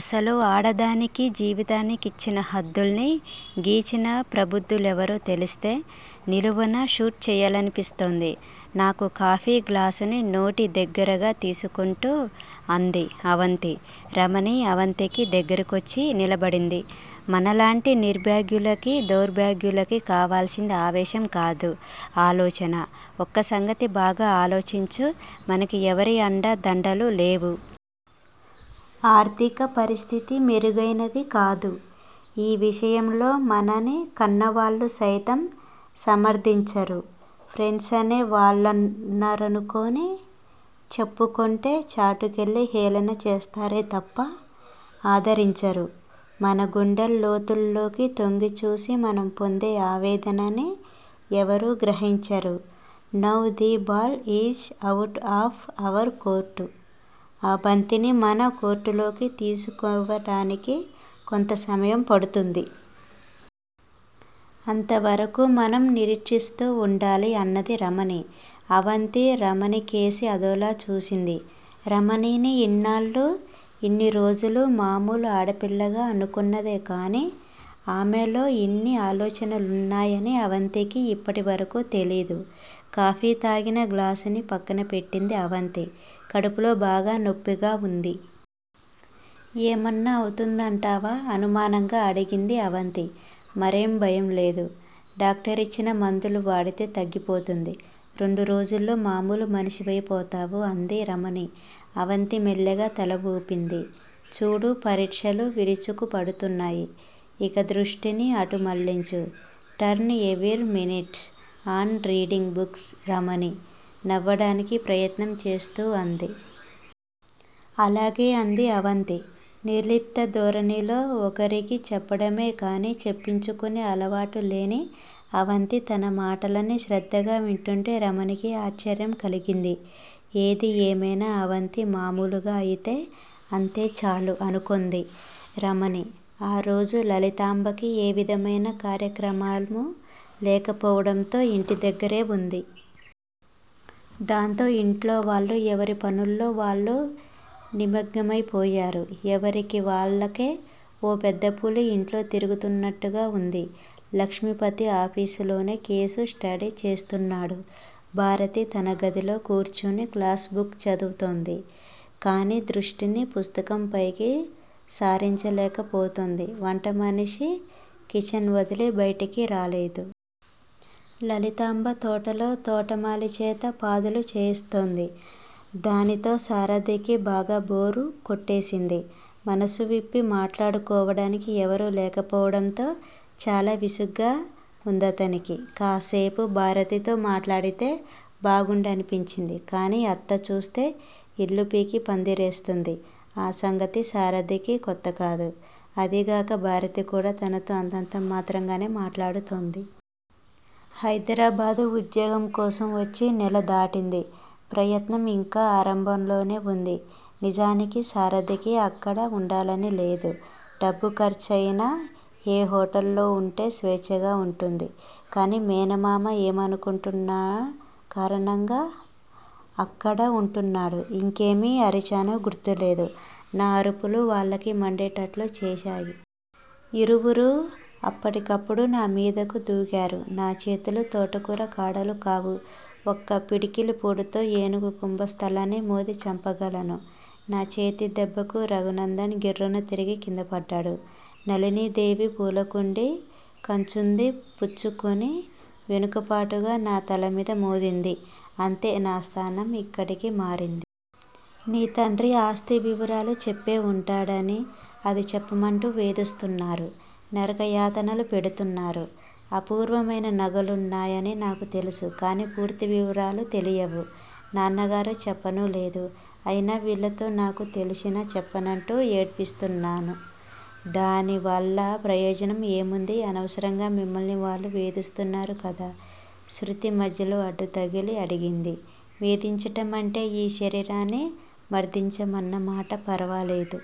అసలు ఆడదానికి జీవితానికిచ్చిన హద్దుల్ని గీచిన ప్రబుద్ధులెవరో తెలిస్తే నిలువునా షూట్ చెయ్యాలనిపిస్తోంది. నాకు కాఫీ గ్లాసుని నోటి దగ్గరగా తీసుకుంటూ అంది అవంతి. రమణి అవంతికి దగ్గరకొచ్చి నిలబడింది. మనలాంటి నిర్భాగ్యులకీ, దౌర్భాగ్యులకీ కావల్సింది ఆవేశం కాదు ఆలోచన. ఒక్క సంగతి బాగా ఆలోచించు. మనకి ఎవరి అండ దండలూ లేవు. ఆర్థిక పరిస్థితి మెరుగైనదీకాదు. ఈ విషయంలో మనని కన్నవాళ్ళు సైతం సమర్థించరు. ఫ్రెండ్సనే వాళ్ళున్నారనుకొని చెప్పుకొంటే చాటుకెళ్ళి హేళనచేస్తారే తప్ప ఆదరించరు. మన గుండెలోతుల్లోకి తొంగిచూసి మనం పొందే ఆవేదనని ఎవరూ గ్రహించరు. Now the ball is out of our court, ఆ బంతిని మన కోర్టులోకి తీసుకోడానికి కొంత సమయం పడుతుంది. అంతవరకూ మనం నిరీక్షిస్తూ వుండాలి అన్నది రమణి. అవంతి రమణికేసి అదోలా చూసింది. రమణిని ఇన్నాళ్ళూ, ఇన్ని రోజులూ, మామూలు ఆడపిల్లగా అనుకున్నదే కానీ ఆమెలో ఇన్ని ఆలోచనలున్నాయని అవంతికి ఇప్పటివరకూ తెలీదు. కాఫీ తాగిన గ్లాసుని పక్కన పెట్టింది అవంతి. కడుపులో బాగా నొప్పిగా వుంది. ఏమన్నా అవుంతుందంటావా? అనుమానంగా అడిగింది అవంతి. మరేం భయంలేదు. డాక్టరిచ్చిన మందులు వాడితే తగ్గిపోతుంది. రెండు రోజుల్లో మామూలు మనిషివైపోతావు అంది రమణి. అవంతి మెల్లగా తల వూపింది. చూడు, పరీక్షలు విరుచుకుపడుతున్నాయి. ఇక దృష్టిని అటు మళ్ళించు. Turn every minute on reading books Ramani నవ్వడానికి ప్రయత్నం చేస్తూ అంది. అలాగే! అంది అవంతి నిర్లిప్త ధోరణిలో. ఒకరికి చెప్పడమే కానీ చెప్పించుకొనే అలవాటులేని అవంతి తన మాటలని శ్రద్ధగా వింటూంటే రమణికే ఆశ్చర్యం కలిగింది. ఏది ఏమైనా 'అవంతి' మామూలుగా అయితే అంతేచాలు అనుకొంది రమణి. ఆ రోజు లలితాంబకి ఏ విధమైన కార్యక్రమమూ లేకపోవడంతో ఇంటి దగ్గరే వుంది. దాంతో ఇంట్లోవాళ్ళు ఎవరి పనుల్లో వాళ్ళు నిమగ్నమయిపోయారు ఎవరికి వాళ్ళకే ఓ పెద్దపులి ఇంట్లో తిరుగుతున్నట్టుగా ఉంది. లక్ష్మిపతి ఆఫీసులోనే కేసు స్టడీ చేస్తున్నాడు. భారతి తన గదిలో కూర్చుని క్లాస్ బుక్ చదువుతోంది. కానీ దృష్టిని పుస్తకం పైకి సారించలేకపోతోంది. వంటమనిషి కిచెన్ వదిలి బయటికి రాలేదు. లలితాంబ తోటలో తోటమాలిచేత పాదులు చేయిస్తోంది. దానితో సారధికి బాగా బోరు కొట్టేసింది. మనస్సు విప్పి మాట్లాడుకోవడానికి ఎవరూ లేకపోవడంతో చాలా విసుగ్గా ఉందతనికి. కాస్సేపు భారతితో మాట్లాడితే బాగుండుఅనిపించింది కానీ 'అత్త' చూస్తే ఇల్లు పీకి పందిరేస్తుంది. ఆ సంగతి సారథికి కొత్తకాదు. అదీగాక భారతి కూడా తనతో అంతంత మాత్రంగానే మాట్లాడుతోంది. హైదరాబాదు ఉద్యోగం కోసం వచ్చి నెల దాటింది. ప్రయత్నం ఇంకా ఆరంభంలోనే వుంది. నిజానికి సారథికి అక్కడ ఉండాలని లేదు. డబ్బు ఖర్చయినా ఏ హోటల్లో ఉంటే స్వేచ్ఛగా ఉంటుంది. కానీ, మేనమామ ఏమనుకుంటున్న కారణంగా అక్కడ ఉంటున్నాడు. ఇంకేమి అరిచానో గుర్తులేదు. నా అరుపులు వాళ్ళకి మండేటట్లు చేశాయి. ఇరువరూ అప్పటి కప్పుడు నామీదకు దూకారు. నాచేతులు తోటకూర కాడలు కావు. ఒక్క పిడికిలిపోటుతో ఏనుగు కుంభస్థలాన్ని మోది చంపగలను. నా చేతి దెబ్బకు రఘునందన్ గిర్రున తిరిగి కిందపడ్డాడు. నళినీదేవి పూలకుండీ కంచుది పుచ్చుకుని వెనుకపాటుగా నా తలమీద మోదింది. అంతే, నా స్థానం ఇక్కడికి మారింది. నీ తండ్రి ఆస్తి వివరాలు చెప్పేవుంటాడని అది చెప్పమంటూ వేధిస్తూన్నారు. నరకయాతనలు పెడుతున్నారు. అపూర్వమైన నగలున్నాయని నాకు తెలుసు. కానీ పూర్తి వివరాలు తెలియవు. నాన్నగారు చెప్పనూలేదు. అయినా వీళ్ళతో నాకు తెలిసినా చెప్పనంటూ ఏడ్పిస్తున్నాను దానివల్ల ప్రయోజనం ఏముంది. అనవసరంగా మిమ్మల్ని వాళ్ళు వేధిస్తున్నారుకదా? శృతి మధ్యలో అడ్డుతగిలి అడిగింది. వేధించటమంటే ఈ శరీరాన్ని మర్థించమన్నమాట ఫరవాలేదు